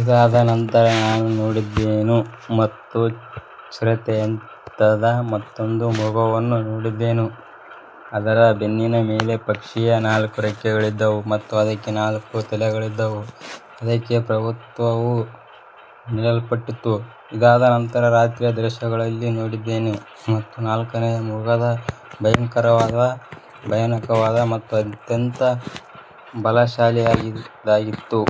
ಇದಾದ ನಂತರ ನಾನು ನೋಡಿದೆನು ಮತ್ತು ಚಿರತೆಯಂತಿದ್ದ ಮತ್ತೊಂದು ಮೃಗವನ್ನು ನೋಡಿದೆನು, ಅದರ ಬೆನ್ನಿನ ಮೇಲೆ ಪಕ್ಷಿಯ ನಾಲ್ಕು ರೆಕ್ಕೆಗಳಿದ್ದವು ಮತ್ತು ಅದಕ್ಕೆ ನಾಲ್ಕು ತಲೆಗಳಿದ್ದವು, ಅದಕ್ಕೆ ಪ್ರಭುತ್ವವು ನೀಡಲ್ಪಟ್ಟಿತು. ಇದಾದ ನಂತರ ನಾನು ರಾತ್ರಿಯ ದರ್ಶನಗಳಲ್ಲಿ ನೋಡಿದೆನು ಮತ್ತು ನಾಲ್ಕನೆಯ ಮೃಗವು ಭಯಂಕರವಾದ, ಭಯಾನಕವಾದ ಮತ್ತು ಅತ್ಯಂತ ಬಲಶಾಲಿಯಾದುದಾಗಿತ್ತು.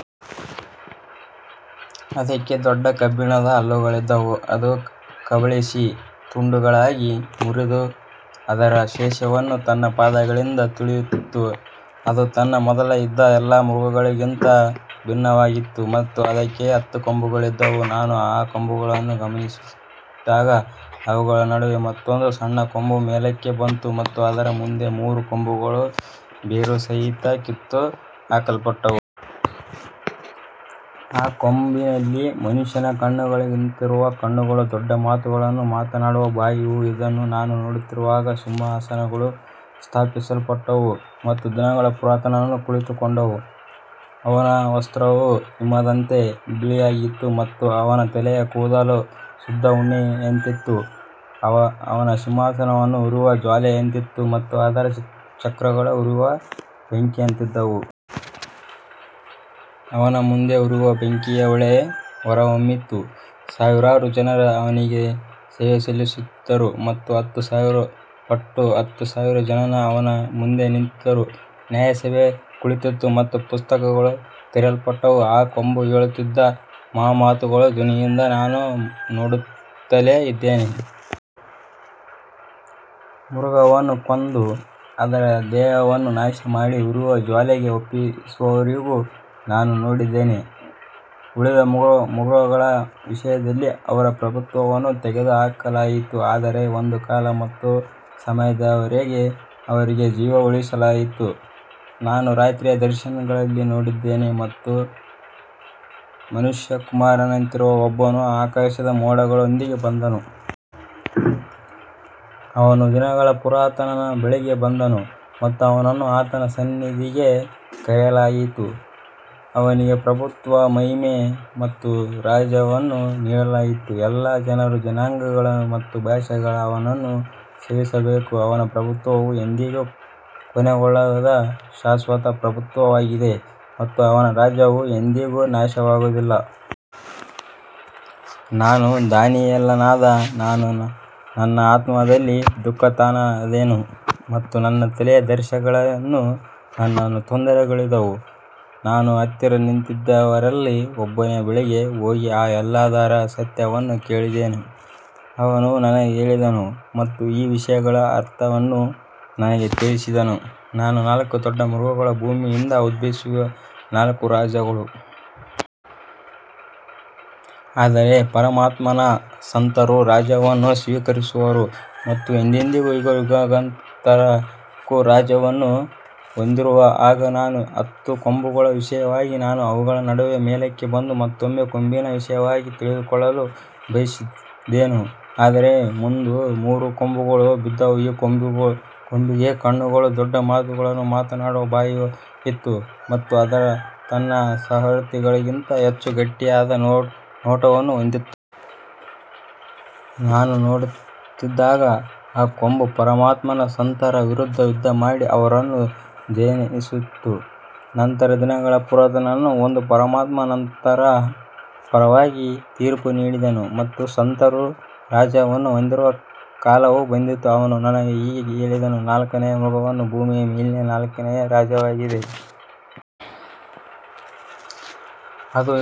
ಅದಕ್ಕೆ ದೊಡ್ಡ ಕಬ್ಬಿಣದ ಹಲ್ಲುಗಳಿದ್ದವು, ಅದು ಕಬಳಿಸಿ ತುಂಡುಗಳಾಗಿ ಮುರಿದು ಅದರ ಶೇಷವನ್ನು ತನ್ನ ಪಾದಗಳಿಂದ ತುಳಿಯುತ್ತಿತ್ತು. ಅದು ತನ್ನ ಮೊದಲು ಇದ್ದ ಎಲ್ಲಾ ಮೃಗಗಳಿಗಿಂತ ಭಿನ್ನವಾಗಿತ್ತು ಮತ್ತು ಅದಕ್ಕೆ ಹತ್ತು ಕೊಂಬುಗಳಿದ್ದವು. ನಾನು ಆ ಕೊಂಬುಗಳನ್ನು ಗಮನಿಸುತ್ತಿದ್ದಾಗ, ಅವುಗಳ ನಡುವೆ ಮತ್ತೊಂದು ಸಣ್ಣ ಕೊಂಬು ಮೇಲಕ್ಕೆ ಬಂತು ಮತ್ತು ಅದರ ಮುಂದೆ ಮೂರು ಕೊಂಬುಗಳು ಬೇರುಸಹಿತ ಕಿತ್ತುಹಾಕಲ್ಪಟ್ಟವು. ಆ ಕೊಂಬಿನಲ್ಲಿ ಮನುಷ್ಯನ ಕಣ್ಣುಗಳಂತಿರುವ ಕಣ್ಣುಗಳೂ ದೊಡ್ಡ ಮಾತುಗಳನ್ನು ಮಾತನಾಡುವ ಬಾಯಿಯೂ ಇದ್ದವು. ನಾನು ನೋಡುತ್ತಿರುವಾಗ ಸಿಂಹಾಸನಗಳು ಸ್ಥಾಪಿಸಲ್ಪಟ್ಟವು ಮತ್ತು ದಿನಗಳ ಪುರಾತನನು ಕುಳಿತುಕೊಂಡನು. ಅವನ ವಸ್ತ್ರವು ಹಿಮದಂತೆ ಬಿಳಿಯಾಗಿತ್ತು ಮತ್ತು ಅವನ ತಲೆಯ ಕೂದಲು ಶುದ್ಧ ಉಣ್ಣೆಯಂತಿತ್ತು. ಅವನ ಸಿಂಹಾಸನವು ಉರಿಯುವ ಜ್ವಾಲೆಯಂತಿತ್ತು ಮತ್ತು ಅದರ ಚಕ್ರಗಳು ಉರಿಯುವ ಬೆಂಕಿಯಂತಿದ್ದವು. ಅವನ ಮುಂದೆ ಉರಿಯುವ ಬೆಂಕಿಯ ಹೊಳೆ ಹೊರಹೊಮ್ಮಿತು. ಸಾವಿರಾರು ಜನರು ಅವನಿಗೆ ಸೇವೆ ಸಲ್ಲಿಸುತ್ತಿದ್ದರು ಮತ್ತು ಹತ್ತು ಸಾವಿರ ಪಟ್ಟು ಹತ್ತು ಸಾವಿರ ಜನರು ಅವನ ಮುಂದೆ ನಿಂತಿದ್ದರು. ನ್ಯಾಯಸಭೆ ಕುಳಿತಿತು ಮತ್ತು ಪುಸ್ತಕಗಳು ತೆರೆಯಲ್ಪಟ್ಟವು. ಆ ಕೊಂಬು ಹೇಳುತ್ತಿದ್ದ ಮಹಾ ಮಾತುಗಳ ಧ್ವನಿಯಿಂದ ನಾನು ನೋಡುತ್ತಲೇ ಇದ್ದೆನು. ಮೃಗವನ್ನು ಕೊಂದು ಅದರ ದೇಹವನ್ನು ನಾಶಮಾಡಿ ಉರಿಯುವ ಜ್ವಾಲೆಗೆ ಒಪ್ಪಿಸುವವರೆಗೂ ನಾನು ನೋಡಿದೆನು. ಉಳಿದ ಮೃಗಗಳ ವಿಷಯದಲ್ಲಿ ಅವರ ಪ್ರಭುತ್ವವನ್ನು ತೆಗೆದುಹಾಕಲಾಯಿತು, ಆದರೆ ಒಂದು ಕಾಲ ಮತ್ತು ಸಮಯದವರೆಗೆ ಅವರಿಗೆ ಜೀವ ಉಳಿಸಲಾಯಿತು. ನಾನು ರಾತ್ರಿಯ ದರ್ಶನಗಳಲ್ಲಿ ನೋಡಿದೆನು ಮತ್ತು ಮನುಷ್ಯಕುಮಾರನಂತಿರುವ ಒಬ್ಬನು ಆಕಾಶದ ಮೋಡಗಳೊಂದಿಗೆ ಬಂದನು. ಅವನು ದಿನಗಳ ಪುರಾತನನ ಬಳಿಗೆ ಬಂದನು ಮತ್ತು ಅವನನ್ನು ಆತನ ಸನ್ನಿಧಿಗೆ ಕರೆತರಲಾಯಿತು. ಅವನಿಗೆ ಪ್ರಭುತ್ವ, ಮಹಿಮೆ ಮತ್ತು ರಾಜ್ಯವನ್ನು ನೀಡಲಾಯಿತು. ಎಲ್ಲಾ ಜನರು, ಜನಾಂಗಗಳು ಮತ್ತು ಭಾಷೆಗಳು ಅವನನ್ನು ಸೇವಿಸಬೇಕು. ಅವನ ಪ್ರಭುತ್ವವು ಎಂದಿಗೂ ಕೊನೆಗೊಳ್ಳದ ಶಾಶ್ವತ ಪ್ರಭುತ್ವವಾಗಿದೆ ಮತ್ತು ಅವನ ರಾಜ್ಯವು ಎಂದಿಗೂ ನಾಶವಾಗುವುದಿಲ್ಲ. ನಾನು ದಾನಿಯೇಲನಾದ ನಾನು ನನ್ನ ಆತ್ಮದಲ್ಲಿ ದುಃಖಿತನಾದೆನು ಮತ್ತು ನನ್ನ ತಲೆಯ ದರ್ಶನಗಳು ನನ್ನನ್ನು ತೊಂದರೆಗೊಳಿಸಿದವು. ನಾನು ಹತ್ತಿರ ನಿಂತಿದ್ದವರಲ್ಲಿ ಒಬ್ಬನ ಬಳಿಗೆ ಹೋಗಿ ಈ ಎಲ್ಲದರ ಸತ್ಯವನ್ನು ಕೇಳಿದೆನು. ಅವನು ನನಗೆ ಹೇಳಿದನು ಮತ್ತು ಈ ವಿಷಯಗಳ ಅರ್ಥವನ್ನು ನನಗೆ ತಿಳಿಸಿದನು. ಈ ನಾಲ್ಕು ದೊಡ್ಡ ಮೃಗಗಳು ಭೂಮಿಯಿಂದ ಉದ್ಭವಿಸುವ ನಾಲ್ಕು ರಾಜರುಗಳು. ಆದರೆ ಪರಮಾತ್ಮನ ಸಂತರು ರಾಜ್ಯವನ್ನು ಸ್ವೀಕರಿಸುವರು ಮತ್ತು ಎಂದೆಂದಿಗೂ, ಯುಗಯುಗಾಂತರಕ್ಕೂ ರಾಜ್ಯವನ್ನು ಹೊಂದಿರುವರು. ಆಗ ನಾನು ಹತ್ತು ಕೊಂಬುಗಳ ವಿಷಯವಾಗಿ ಮತ್ತು ಅವುಗಳ ನಡುವೆ ಮೇಲಕ್ಕೆ ಬಂದ ಮತ್ತೊಂದು ಕೊಂಬಿನ ವಿಷಯವಾಗಿ ತಿಳಿದುಕೊಳ್ಳಲು ಬಯಸಿದೆನು. ಅದರ ಮುಂದೆ ಮೂರು ಕೊಂಬುಗಳು ಬಿದ್ದವು. ಆ ಕೊಂಬಿಗೆ ಕಣ್ಣುಗಳೂ ದೊಡ್ಡ ಮಾತುಗಳನ್ನು ಮಾತನಾಡುವ ಬಾಯಿಯೂ ಇತ್ತು ಮತ್ತು ಅದು ತನ್ನ ಸಹವರ್ತಿಗಳಿಗಿಂತ ಹೆಚ್ಚು ಗಟ್ಟಿಯಾದ ನೋಟವನ್ನು ಹೊಂದಿತ್ತು. ನಾನು ನೋಡುತ್ತಿದ್ದಾಗ ಆ ಕೊಂಬು ಪರಮಾತ್ಮನ ಸಂತರ ವಿರುದ್ಧ ಯುದ್ಧಮಾಡಿ ಅವರನ್ನು ಜಯಿಸುತ್ತಿತ್ತು. ನಂತರ ದಿನಗಳ ಪುರಾತನನು ಬಂದು ಪರಮಾತ್ಮನ ಸಂತರ ಪರವಾಗಿ ತೀರ್ಪು ನೀಡಿದನು ಮತ್ತು ಸಂತರು ರಾಜ್ಯವನ್ನು ಹೊಂದುವ ಕಾಲವು ಬಂದಿತು. ಅವನು ನನಗೆ ಹೀಗೆ ಹೇಳಿದನು, ನಾಲ್ಕನೆಯ ಮೃಗವು ಭೂಮಿಯ ಮೇಲಿನ ನಾಲ್ಕನೆಯ ರಾಜ್ಯವಾಗಿದೆ. ಅದು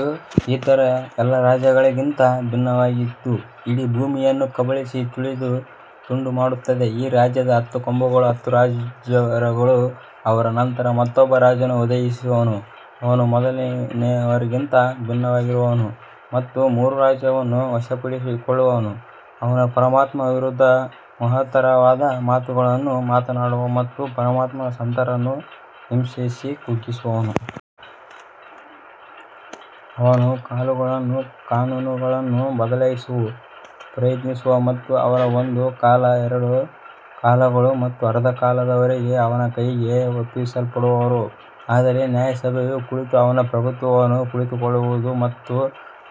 ಇತರ ಎಲ್ಲಾ ರಾಜ್ಯಗಳಿಗಿಂತ ಭಿನ್ನವಾಗಿದ್ದು ಇಡೀ ಭೂಮಿಯನ್ನು ಕಬಳಿಸಿ ತುಳಿದು ತುಂಡುಮಾಡುತ್ತದೆ. ಈ ರಾಜ್ಯದ ಹತ್ತು ಕೊಂಬುಗಳು ಹತ್ತು ರಾಜರುಗಳು. ಅವರ ನಂತರ ಮತ್ತೊಬ್ಬ ರಾಜನು ಉದಯಿಸುವನು. ಅವನು ಮೊದಲಿನವರಿಗಿಂತ ಭಿನ್ನನಾಗಿರುವನು ಮತ್ತು ಮೂರು ರಾಜರನ್ನು ವಶಪಡಿಸಿಕೊಳ್ಳುವನು. ಅವನು ಪರಮಾತ್ಮನ ವಿರುದ್ಧ ಮಹತ್ತರವಾದ ಮಾತುಗಳನ್ನು ಮಾತನಾಡುವನು ಮತ್ತು ಪರಮಾತ್ಮನ ಸಂತರನ್ನು ಹಿಂಸಿಸಿ ಕುಗ್ಗಿಸುವನು. ಅವನು ಕಾಲಗಳನ್ನೂ ಕಾನೂನುಗಳನ್ನೂ ಬದಲಾಯಿಸಲು ಪ್ರಯತ್ನಿಸುವನು ಮತ್ತು ಅವರು ಒಂದು ಕಾಲ, ಎರಡು ಕಾಲಗಳು ಮತ್ತು ಅರ್ಧ ಕಾಲದವರೆಗೆ ಅವನ ಕೈಗೆ ಒಪ್ಪಿಸಲ್ಪಡುವರು. ಆದರೆ ನ್ಯಾಯಸಭೆಯು ಕುಳಿತು ಅವನ ಪ್ರಭುತ್ವವನ್ನು ಕಿತ್ತುಕೊಳ್ಳುವುದು ಮತ್ತು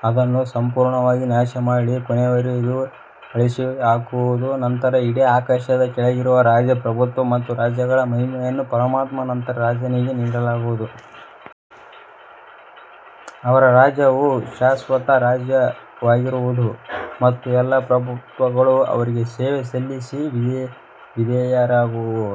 ಅದನ್ನು ಸಂಪೂರ್ಣವಾಗಿ ನಾಶಮಾಡಿ ಕೊನೆಯವರೆಗೂ ಅಳಿಸಿಹಾಕುವುದು. ನಂತರ ಇಡೀ ಆಕಾಶದ ಕೆಳಗಿರುವ ರಾಜ್ಯ, ಪ್ರಭುತ್ವ ಮತ್ತು ರಾಜ್ಯಗಳ ಮಹಿಮೆಯನ್ನು ಪರಮಾತ್ಮನ ಸಂತರ ಜನರಿಗೆ ನೀಡಲಾಗುವುದು. ಅವರ ರಾಜ್ಯವು ಶಾಶ್ವತ ರಾಜ್ಯವಾಗಿರುವುದು ಮತ್ತು ಎಲ್ಲಾ ಪ್ರಭುತ್ವಗಳು ಅವರಿಗೆ ಸೇವೆ ಸಲ್ಲಿಸಿ ವಿಧೇಯರಾಗುವವು.